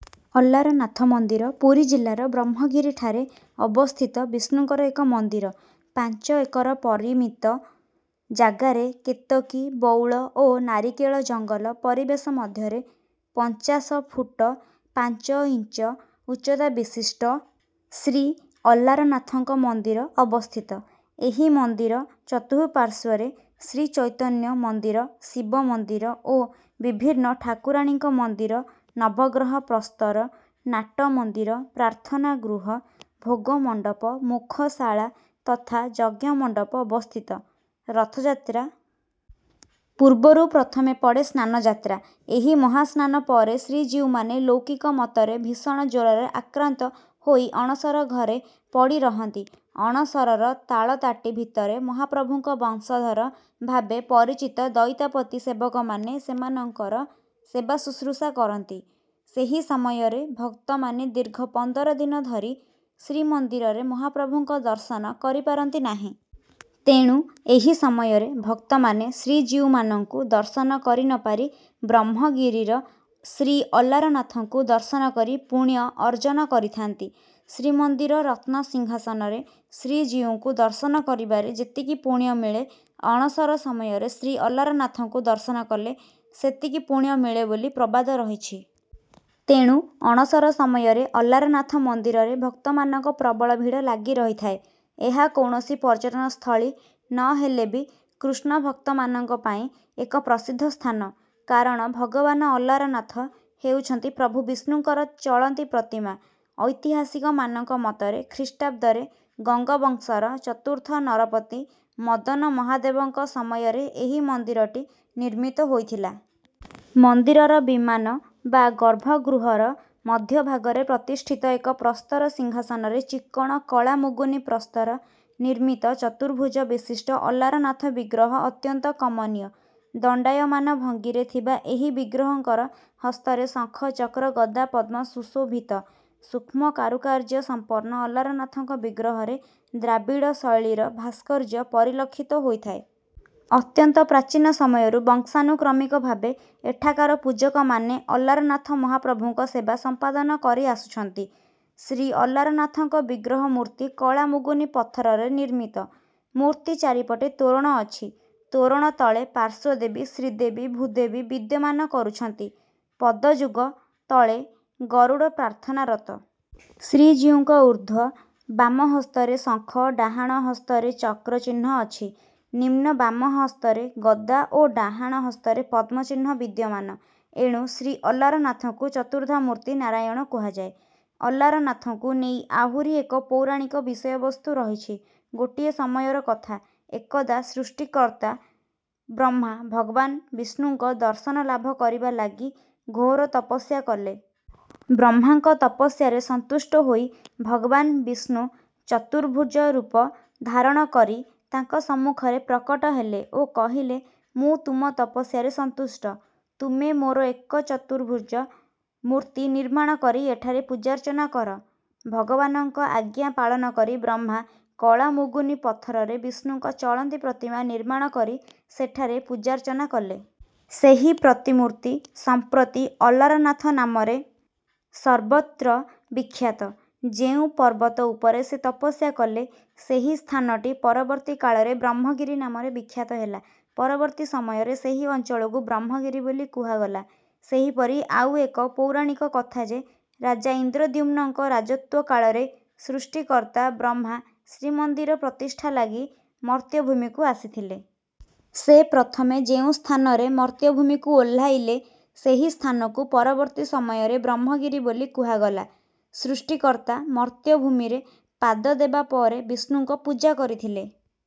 ଅଲାରନାଥ ମନ୍ଦିର ପୁରୀ ଜିଲ୍ଲାର ବ୍ରହ୍ମଗିରିଠାରେ ଅବସ୍ଥିତ ବିଷ୍ଣୁଙ୍କର ଏକ ମନ୍ଦିର। ପାଞ୍ଚ ଏକର ପରିମିତ ଜାଗାରେ କେତକୀ, ବଉଳ ଓ ନାରିକେଳ ଜଙ୍ଗଲ ପରିବେଶ ମଧ୍ୟରେ ପଞ୍ଚାଶ ଫୁଟ ପାଞ୍ଚ ଇଞ୍ଚ ଉଚ୍ଚତା ବିଶିଷ୍ଟ ଶ୍ରୀଅଲାରନାଥଙ୍କ ମନ୍ଦିର ଅବସ୍ଥିତ। ଏହି ମନ୍ଦିର ଚତୁଃପାର୍ଶ୍ୱରେ ଶ୍ରୀଚୈତନ୍ୟ ମନ୍ଦିର, ଶିବ ମନ୍ଦିର ଓ ବିଭିନ୍ନ ଠାକୁରାଣୀଙ୍କ ମନ୍ଦିର, ନବଗ୍ରହ ପ୍ରସ୍ତର, ନାଟମନ୍ଦିର, ପ୍ରାର୍ଥନା ଗୃହ, ଭୋଗମଣ୍ଡପ, ମୁଖଶାଳା ତଥା ଯଜ୍ଞ ମଣ୍ଡପ ଅବସ୍ଥିତ। ରଥଯାତ୍ରା ପୂର୍ବରୁ ପ୍ରଥମେ ପଡ଼େ ସ୍ନାନଯାତ୍ରା। ଏହି ମହାସ୍ନାନ ପରେ ଶ୍ରୀଜୀଉମାନେ ଲୌକିକ ମତରେ ଭୀଷଣ ଜ୍ୱରରେ ଆକ୍ରାନ୍ତ ହୋଇ ଅଣସର ଘରେ ପଡ଼ିରହନ୍ତି। ଅଣସରର ତାଳତାଟି ଭିତରେ ମହାପ୍ରଭୁଙ୍କ ବଂଶଧର ଭାବେ ପରିଚିତ ଦଇତାପତି ସେବକମାନେ ସେମାନଙ୍କର ସେବାଶୁଶ୍ରୂଷା କରନ୍ତି। ସେହି ସମୟରେ ଭକ୍ତମାନେ ଦୀର୍ଘ ପନ୍ଦର ଦିନ ଧରି ଶ୍ରୀମନ୍ଦିରରେ ମହାପ୍ରଭୁଙ୍କ ଦର୍ଶନ କରିପାରନ୍ତି ନାହିଁ। ତେଣୁ ଏହି ସମୟରେ ଭକ୍ତମାନେ ଶ୍ରୀଜୀଉମାନଙ୍କୁ ଦର୍ଶନ କରିନପାରି ବ୍ରହ୍ମଗିରିର ଶ୍ରୀଅଲାରନାଥଙ୍କୁ ଦର୍ଶନ କରି ପୁଣ୍ୟ ଅର୍ଜନ କରିଥାନ୍ତି। ଶ୍ରୀମନ୍ଦିର ରତ୍ନସିଂହାସନରେ ଶ୍ରୀଜୀଉଙ୍କୁ ଦର୍ଶନ କରିବାରେ ଯେତିକି ପୁଣ୍ୟ ମିଳେ, ଅଣସର ସମୟରେ ଶ୍ରୀଅଲାରନାଥଙ୍କୁ ଦର୍ଶନ କଲେ ସେତିକି ପୁଣ୍ୟ ମିଳେ ବୋଲି ପ୍ରବାଦ ରହିଛି। ତେଣୁ ଅଣସର ସମୟରେ ଅଲାରନାଥ ମନ୍ଦିରରେ ଭକ୍ତମାନଙ୍କ ପ୍ରବଳ ଭିଡ଼ ଲାଗିରହିଥାଏ। ଏହା କୌଣସି ପର୍ଯ୍ୟଟନସ୍ଥଳୀ ନହେଲେ ବି କୃଷ୍ଣଭକ୍ତମାନଙ୍କ ପାଇଁ ଏକ ପ୍ରସିଦ୍ଧ ସ୍ଥାନ। କାରଣ ଭଗବାନ ଅଲାରନାଥ ହେଉଛନ୍ତି ପ୍ରଭୁ ବିଷ୍ଣୁଙ୍କର ଚଳନ୍ତି ପ୍ରତିମା। ଐତିହାସିକମାନଙ୍କ ମତରେ ଖ୍ରୀଷ୍ଟାବ୍ଦରେ ଗଙ୍ଗବଂଶର ଚତୁର୍ଥ ନରପତି ମଦନ ମହାଦେବଙ୍କ ସମୟରେ ଏହି ମନ୍ଦିରଟି ନିର୍ମିତ ହୋଇଥିଲା। ମନ୍ଦିରର ବିମାନ ବା ଗର୍ଭଗୃହର ମଧ୍ୟଭାଗରେ ପ୍ରତିଷ୍ଠିତ ଏକ ପ୍ରସ୍ତର ସିଂହାସନରେ ଚିକ୍କଣ କଳା ମୁଗୁନି ପ୍ରସ୍ତର ନିର୍ମିତ ଚତୁର୍ଭୁଜ ବିଶିଷ୍ଟ ଅଲାରନାଥ ବିଗ୍ରହ ଅତ୍ୟନ୍ତ କମନୀୟ। ଦଣ୍ଡାୟମାନ ଭଙ୍ଗୀରେ ଥିବା ଏହି ବିଗ୍ରହଙ୍କର ହସ୍ତରେ ଶଙ୍ଖ, ଚକ୍ର, ଗଦା, ପଦ୍ମ ସୁଶୋଭିତ। ସୂକ୍ଷ୍ମ କାରୁକାର୍ଯ୍ୟ ସମ୍ପନ୍ନ ଅଲାରନାଥଙ୍କ ବିଗ୍ରହରେ ଦ୍ରାବିଡ଼ ଶୈଳୀର ଭାସ୍କର୍ଯ୍ୟ ପରିଲକ୍ଷିତ ହୋଇଥାଏ। ଅତ୍ୟନ୍ତ ପ୍ରାଚୀନ ସମୟରୁ ବଂଶାନୁକ୍ରମିକ ଭାବେ ଏଠାକାର ପୂଜକମାନେ ଅଲାରନାଥ ମହାପ୍ରଭୁଙ୍କ ସେବା ସମ୍ପାଦନ କରି ଆସୁଛନ୍ତି। ଶ୍ରୀ ଅଲାରନାଥଙ୍କ ବିଗ୍ରହମୂର୍ତ୍ତି କଳାମୁଗୁନି ପଥରରେ ନିର୍ମିତ। ମୂର୍ତ୍ତି ଚାରିପଟେ ତୋରଣ ଅଛି। ତୋରଣ ତଳେ ପାର୍ଶ୍ୱଦେବୀ ଶ୍ରୀଦେବୀ, ଭୂଦେବୀ ବିଦ୍ୟମାନ କରୁଛନ୍ତି। ପଦଯୁଗ ତଳେ ଗରୁଡ଼ ପ୍ରାର୍ଥନାରତ। ଶ୍ରୀଜୀଉଙ୍କ ଊର୍ଦ୍ଧ୍ୱ ବାମ ହସ୍ତରେ ଶଙ୍ଖ, ଡାହାଣ ହସ୍ତରେ ଚକ୍ରଚିହ୍ନ ଅଛି। ନିମ୍ନ ବାମ ହସ୍ତରେ ଗଦା ଓ ଡାହାଣ ହସ୍ତରେ ପଦ୍ମ ଚିହ୍ନ ବିଦ୍ୟମାନ। ଏଣୁ ଶ୍ରୀ ଅଲାରନାଥଙ୍କୁ ଚତୁର୍ଦ୍ଧାମୂର୍ତ୍ତି ନାରାୟଣ କୁହାଯାଏ। ଅଲାରନାଥଙ୍କୁ ନେଇ ଆହୁରି ଏକ ପୌରାଣିକ ବିଷୟବସ୍ତୁ ରହିଛି। ଗୋଟିଏ ସମୟର କଥା, ଏକଦା ସୃଷ୍ଟିକର୍ତ୍ତା ବ୍ରହ୍ମା ଭଗବାନ୍ ବିଷ୍ଣୁଙ୍କ ଦର୍ଶନ ଲାଭ କରିବା ଲାଗି ଘୋର ତପସ୍ୟା କଲେ। ବ୍ରହ୍ମାଙ୍କ ତପସ୍ୟାରେ ସନ୍ତୁଷ୍ଟ ହୋଇ ଭଗବାନ୍ ବିଷ୍ଣୁ ଚତୁର୍ଭୁଜ ରୂପ ଧାରଣ କରି ତାଙ୍କ ସମ୍ମୁଖରେ ପ୍ରକଟ ହେଲେ ଓ କହିଲେ, ମୁଁ ତୁମ ତପସ୍ୟାରେ ସନ୍ତୁଷ୍ଟ। ତୁମେ ମୋର ଏକ ଚତୁର୍ଭୁଜ ମୂର୍ତ୍ତି ନିର୍ମାଣ କରି ଏଠାରେ ପୂଜାର୍ଚ୍ଚନା କର। ଭଗବାନଙ୍କ ଆଜ୍ଞା ପାଳନ କରି ବ୍ରହ୍ମା କଳା ମୁଗୁନି ପଥରରେ ବିଷ୍ଣୁଙ୍କ ଚଳନ୍ତି ପ୍ରତିମା ନିର୍ମାଣ କରି ସେଠାରେ ପୂଜାର୍ଚ୍ଚନା କଲେ। ସେହି ପ୍ରତିମୂର୍ତ୍ତି ସମ୍ପ୍ରତି ଅଲାରନାଥ ନାମରେ ସର୍ବତ୍ର ବିଖ୍ୟାତ। ଯେଉଁ ପର୍ବତ ଉପରେ ସେ ତପସ୍ୟା କଲେ, ସେହି ସ୍ଥାନଟି ପରବର୍ତ୍ତୀ କାଳରେ ବ୍ରହ୍ମଗିରି ନାମରେ ବିଖ୍ୟାତ ହେଲା। ପରବର୍ତ୍ତୀ ସମୟରେ ସେହି ଅଞ୍ଚଳକୁ ବ୍ରହ୍ମଗିରି ବୋଲି କୁହାଗଲା। ସେହିପରି ଆଉ ଏକ ପୌରାଣିକ କଥା ଯେ, ରାଜା ଇନ୍ଦ୍ରଦ୍ୟୁମ୍ନଙ୍କ ରାଜତ୍ୱ କାଳରେ ସୃଷ୍ଟିକର୍ତ୍ତା ବ୍ରହ୍ମା ଶ୍ରୀମନ୍ଦିର ପ୍ରତିଷ୍ଠା ଲାଗି ମର୍ତ୍ତ୍ୟଭୂମିକୁ ଆସିଥିଲେ। ସେ ପ୍ରଥମେ ଯେଉଁ ସ୍ଥାନରେ ମର୍ତ୍ତ୍ୟଭୂମିକୁ ଓହ୍ଲାଇଲେ, ସେହି ସ୍ଥାନକୁ ପରବର୍ତ୍ତୀ ସମୟରେ ବ୍ରହ୍ମଗିରି ବୋଲି କୁହାଗଲା। ସୃଷ୍ଟିକର୍ତ୍ତା ମର୍ତ୍ତ୍ୟଭୂମିରେ ପାଦ ଦେବା ପରେ ବିଷ୍ଣୁଙ୍କ ପୂଜା କରିଥିଲେ।